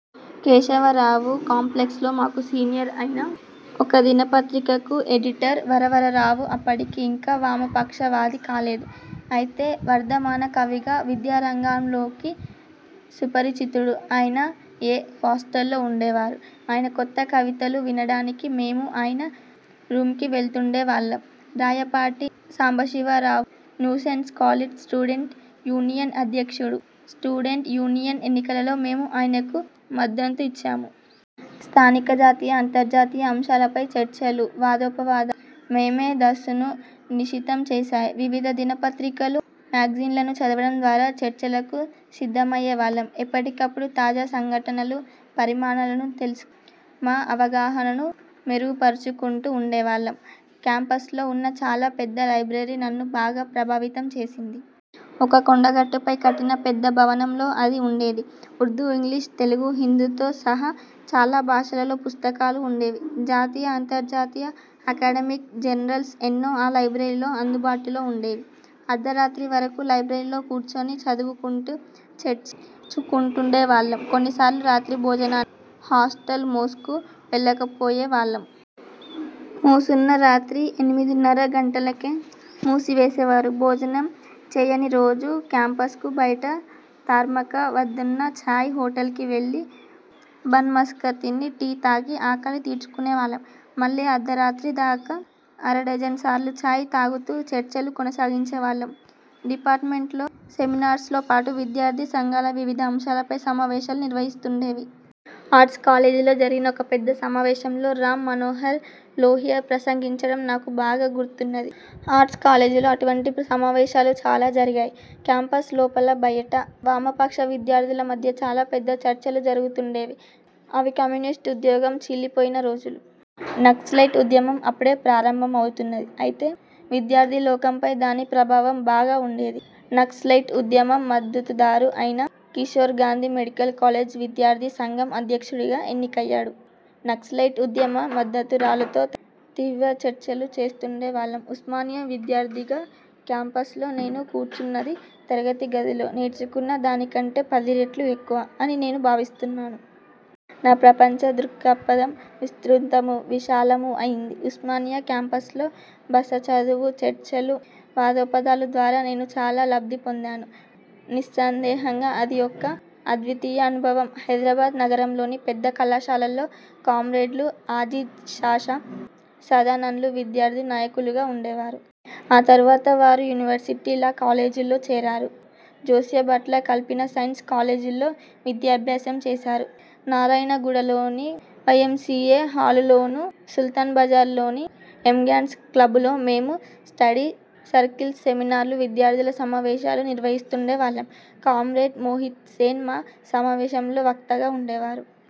కేశవరావు కేంపస్లో మాకు సీనియర్. ఆయన ఒక దినపత్రికకు ఎడిటర్. వరవరరావు అప్పటికి ఇంకా వామపక్షవాది కాలేదు. అయితే వర్థమాన కవిగా విద్యార్థిలోకానికి సుపరిచితుడు. ఆయన 'ఎ' హాస్టల్లో। వుండేవారు. ఆయన కొత్త కవితలు వినడానికి మేము ఆయన రూమ్కి వెళుతుండేవాళ్ళం. Rayapati Sambasivarao new science college students union అధ్యక్షుడు, స్టూడెంట్స్ యూనియన్ ఎన్నికలలో మేము ఆయనకు మద్దతునిచ్చాము. స్థానిక, జాతీయ, అంతర్జాతీయ అంశాలపై చర్చలు, వాదోపవాదాలు మామేధస్సును నిశితం చేశాయి. వివిధ దినపత్రికలు, మ్యాగజైన్లు చదవడం ద్వారా చర్చలకు సిద్ధమయ్యేవాళ్ళం. ఎప్పటికప్పుడు తాజా సంఘటనలు, పరిణామాలను తెలుసుకొంటూ మా అవగాహనను మెరుగుపరచుకుంటూ వుండేవాళ్ళం. కేంపస్లో వున్న చాలా పెద్ద లైబ్రరీ నన్ను బాగా ప్రభావితం చేసింది. ఒక కొండగుట్టపై కట్టిన పెద్ద భవనంలో అది వుండేది. ఉర్దూ, ఇంగ్లీషు, తెలుగు, హిందీతో సహా చాలా భాషలలో పుస్తకాలు వుండేవి. జాతీయ, అంతర్జాతీయ అకడమిక్ జర్నల్స్ ఎన్నో ఆ లైబ్రరీలో అందుబాటులో వుండేవి. అర్థరాత్రి వరకు లైబ్రరీలో కూర్చొని చదువుకొంటూ చర్చించుకొంటుండేవాళ్ళం. కొన్నిసార్లు రాత్రి భోజనానికి హాస్టల్ మెస్కు వెళ్ళలేక పోయేవాళ్ళం. మెస్ను రాత్రి ఎనిమిదిన్నర గంటలకే మూసివేసేవారు. భోజనం చేయనిరోజు కేంపస్కు బయట తార్నాక వద్దనున్న చాయ్ హోటల్కి వెళ్ళి బన్ మస్కా తిని, టీ తాగి ఆకలి తీర్చుకునేవాళ్ళం. మళ్ళీ అర్థరాత్రి దాకా అరడజన్ సార్లు చాయ్ తాగుతూ చర్చలు కొనసాగించేవాళ్ళం. డిపార్ట్మెంటల్ సెమినార్స్తో పాటు విద్యార్థి సంఘాలు వివిధ అంశాలపై సమావేశాలు నిర్వహిస్తుండేవి. ఆర్ట్స్ కాలేజీలో జరిగిన ఒక పెద్ద సమావేశంలో రామ్ మనోహర్ లోహియా ప్రసంగించడం నాకు బాగా గుర్తున్నది. ఆర్ట్స్ కాలేజీలో అటువంటి సమావేశాలు చాలా జరిగాయి. కేంపస్ లోపల బయటా వామపక్ష విద్యార్థుల మధ్య చాలా పెద్ద చర్చలు జరుగుతుండేవి. అవి కమ్యూనిస్టు ఉద్యమం చీలిపోయిన రోజులు. నక్సలైట్ ఉద్యమం అప్పుడే ప్రారంభమయింది. అయితే విద్యార్థిలోకంపై దాని ప్రభావం బాగా వుండేది. నక్సలైట్ ఉద్యమ మద్దతుదారు అయిన కిషోర్, గాంధీ మెడికల్ కాలేజ్ విద్యార్థి సంఘం అధ్యక్షుడుగా ఎన్నికయ్యాడు. నక్సలైట్ ఉద్యమ మద్దతుదారులతో తరచు తీవ్ర చర్చలు చేస్తుండేవాళ్ళం. ఉస్మానియా విద్యార్థిగా కేంపస్లో నేను నేర్చుకున్నది తరగతి గదిలో నేర్చుకున్న దానికంటే పదిరెట్లు ఎక్కువ అని నేను భావిస్తున్నాను. నా ప్రపంచ దృక్పథం విస్తృతమూ, విశాలమూ అయింది. ఉస్మానియా కేంపస్లో బస, చదువు, చర్చలు, వాదోపవాదాల ద్వారా నేను చాలా లబ్ధి పొందాను. నిస్సందేహంగా అది ఒక అద్వితీయ అనుభవం. హైదరాబాద్ నగరంలోని పెద్ద కళాశాలల్లో కామ్రేడ్లు అజీజ్ పాషా, సదానంద్లు విద్యార్థి నాయకులుగా వుండేవారు. ఆ తరువాత వారు యూనివర్శిటీ లా కాలేజ్లో చేరారు. జోస్యభట్ల కల్పన సైన్స్ కాలేజ్లో విద్యాభ్యాసం చేశారు. నారాయణగూడలోని వైఎంసీఏ హాలులోను, సుల్తాన్ బజార్లోని యంగ్మాన్స్ క్లబ్లోను మేము స్టడీ సర్కిల్స్, సెమినార్లు, విద్యార్థుల సమావేశాలు నిర్వహిస్తుండేవాళ్ళం. కామ్రేడ్ మోహిత్ సేన్ మా సమావేశాలలో వక్తగా వుండేవారు.